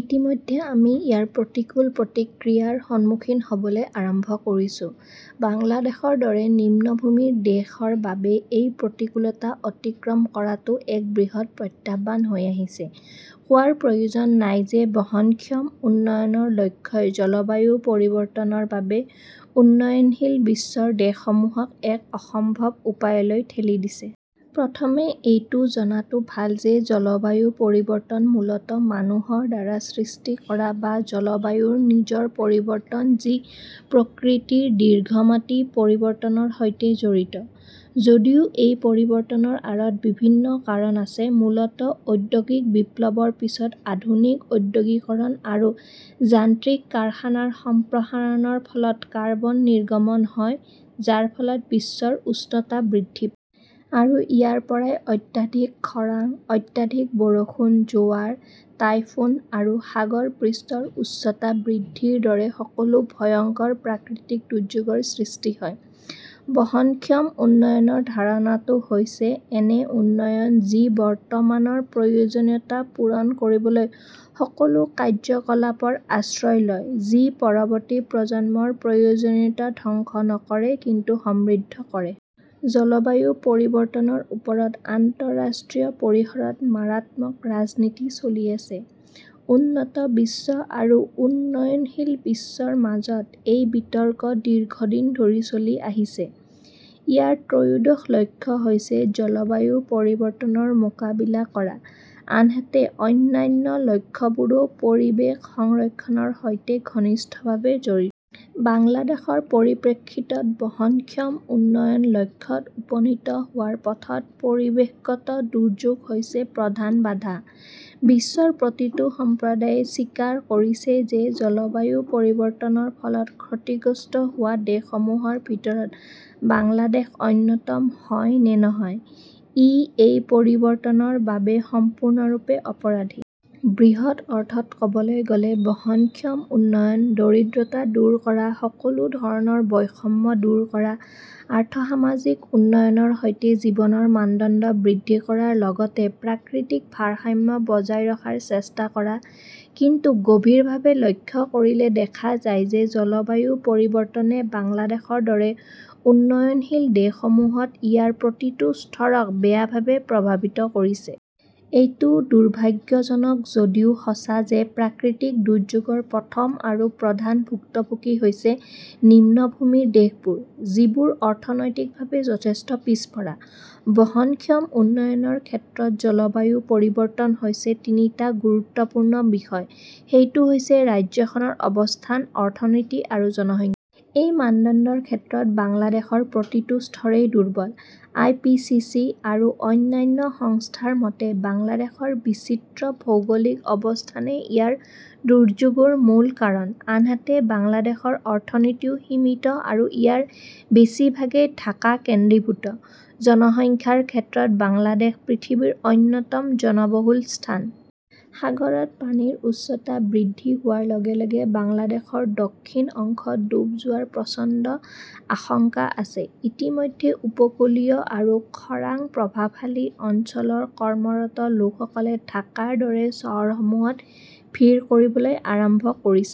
ইতিমধ্যে আমি ইয়াৰ প্ৰতিকূল প্ৰতিক্ৰিয়াৰ সন্মুখীন হ'বলৈ আৰম্ভ কৰিছো। বাংলাদেশৰ দৰে নিম্নভূমিৰ দেশৰ বাবে এই প্ৰতিকূলতা অতিক্ৰম কৰাটো এক বৃহৎ প্ৰত্যাহ্বান হৈ আহিছে। কোৱাৰ প্ৰয়োজন নাই যে বহনক্ষম উন্নয়নৰ লক্ষ্যই জলবায়ু পৰিৱৰ্তনৰ বাবে উন্নয়নশীল বিশ্বৰ দেশসমূহক এক অসম্ভৱ উপায়লৈ ঠেলি দিছে। প্ৰথমে এইটো জনাটো ভাল যে জলবায়ু পৰিৱৰ্তন মূলতঃ মানুহৰ দ্বাৰা সৃষ্টি কৰা বা জলবায়ুৰ নিজৰ পৰিৱৰ্তন যি প্ৰকৃতিৰ দীৰ্ঘম্যাদী পৰিৱৰ্তনৰ সৈতে জড়িত। যদিও এই পৰিৱৰ্তনৰ আঁৰত বিভিন্ন কাৰণ আছে, মূলতঃ ঔদ্যোগিক বিপ্লৱৰ পিছত আধুনিক ঔদ্যোগিকৰণ আৰু যান্ত্ৰিক কাৰখানাৰ সম্প্ৰসাৰণৰ ফলত কাৰ্বন নিৰ্গমন হয় যাৰ ফলত বিশ্বৰ উষ্ণতা বৃদ্ধি পায়। আৰু ইয়াৰ পৰাই অত্যাধিক খৰাং, অত্যাধিক বৰষুণ, জোৱাৰ, টাইফুন আৰু সাগৰ পৃষ্ঠৰ উচ্চতা বৃদ্ধিৰ দৰে সকলো ভয়ংকৰ প্ৰাকৃতিক দুৰ্যোগৰ সৃষ্টি হয়। বহনক্ষম উন্নয়নৰ ধাৰণাটো হৈছে এনে উন্নয়ন যি বৰ্তমানৰ প্ৰয়োজনীয়তা পূৰণ কৰিবলৈ সকলো কাৰ্যকলাপৰ আশ্ৰয় লয়, যি পৰৱৰ্তী প্ৰজন্মৰ প্ৰয়োজনীয়তা ধ্বংস নকৰে কিন্তু সমৃদ্ধ কৰে। জলবায়ু পৰিৱৰ্তনৰ ওপৰত আন্তঃৰাষ্ট্ৰীয় পৰিসৰত মাৰাত্মক ৰাজনীতি চলি আছে। উন্নত বিশ্ব আৰু উন্নয়নশীল বিশ্বৰ মাজত এই বিতৰ্ক দীৰ্ঘদিন ধৰি চলি আহিছে। ইয়াৰ ত্ৰয়োদশ লক্ষ্য হৈছে জলবায়ু পৰিৱৰ্তনৰ মোকাবিলা কৰা, আনহাতে অন্যান্য লক্ষ্যবোৰো পৰিৱেশ সংৰক্ষণৰ সৈতে ঘনিষ্ঠভাৱে জড়িত। বাংলাদেশৰ পৰিপ্ৰেক্ষিতত বহনক্ষম উন্নয়ন লক্ষ্যত উপনীত হোৱাৰ পথত পৰিৱেশগত দুৰ্যোগ হৈছে প্ৰধান বাধা। বিশ্বৰ প্ৰতিটো সম্প্ৰদায়ে স্বীকাৰ কৰিছে যে জলবায়ু পৰিৱৰ্তনৰ ফলত ক্ষতিগ্ৰস্ত হোৱা দেশসমূহৰ ভিতৰত বাংলাদেশ অন্যতম হয় নে নহয়, ই এই পৰিৱৰ্তনৰ বাবে সম্পূৰ্ণৰূপে অপৰাধী। বৃহৎ অৰ্থত ক'বলৈ গ'লে, বহনক্ষম উন্নয়ন, দৰিদ্ৰতা দূৰ কৰা, সকলো ধৰণৰ বৈষম্য দূৰ কৰা, আৰ্থ-সামাজিক উন্নয়নৰ সৈতে জীৱনৰ মানদণ্ড বৃদ্ধি কৰাৰ লগতে প্ৰাকৃতিক ভাৰসাম্য বজাই ৰখাৰ চেষ্টা কৰা; কিন্তু গভীৰভাৱে লক্ষ্য কৰিলে দেখা যায় যে জলবায়ু পৰিৱৰ্তনে বাংলাদেশৰ দৰে উন্নয়নশীল দেশসমূহত ইয়াৰ প্ৰতিটো স্তৰক বেয়াভাৱে প্ৰভাৱিত কৰিছে। এইটো দুৰ্ভাগ্যজনক যদিও সঁচা যে প্ৰাকৃতিক দুৰ্যোগৰ প্ৰথম আৰু প্ৰধান ভুক্তভোগী হৈছে নিম্নভূমিৰ দেশবোৰ, যিবোৰ অৰ্থনৈতিকভাৱে যথেষ্ট পিছপৰা। বহনক্ষম উন্নয়নৰ ক্ষেত্ৰত জলবায়ু পৰিৱৰ্তন হৈছে তিনিটা গুৰুত্বপূৰ্ণ বিষয়। সেইটো হৈছে ৰাজ্যখনৰ অৱস্থান, অৰ্থনীতি আৰু জনসংখ্যা। এই মানদণ্ডৰ ক্ষেত্ৰত বাংলাদেশৰ প্ৰতিটো স্তৰেই দুৰ্বল। আই. পি. চি. চি. আৰু অন্যান্য সংস্থাৰ মতে বাংলাদেশৰ বিচিত্ৰ ভৌগোলিক অৱস্থানেই ইয়াৰ দুৰ্যোগৰ মূল কাৰণ। আনহাতে বাংলাদেশৰ অৰ্থনীতিও সীমিত আৰু ইয়াৰ বেছিভাগেই ঢাকা কেন্দ্ৰীভূত। জনসংখ্যাৰ ক্ষেত্ৰত বাংলাদেশ পৃথিৱীৰ অন্যতম জনবহুল স্থান। সাগৰত পানীৰ উচ্চতা বৃদ্ধি হোৱাৰ লগে লগে বাংলাদেশৰ দক্ষিণ অংশ ডুব যোৱাৰ প্ৰচণ্ড আশংকা আছে। ইতিমধ্যে উপকূলীয় আৰু খৰাং প্ৰভাৱশালী অঞ্চলৰ কৰ্মৰত লোকসকলে ঢাকাৰ দৰে চহৰসমূহত ভিৰ কৰিবলৈ আৰম্ভ কৰিছে।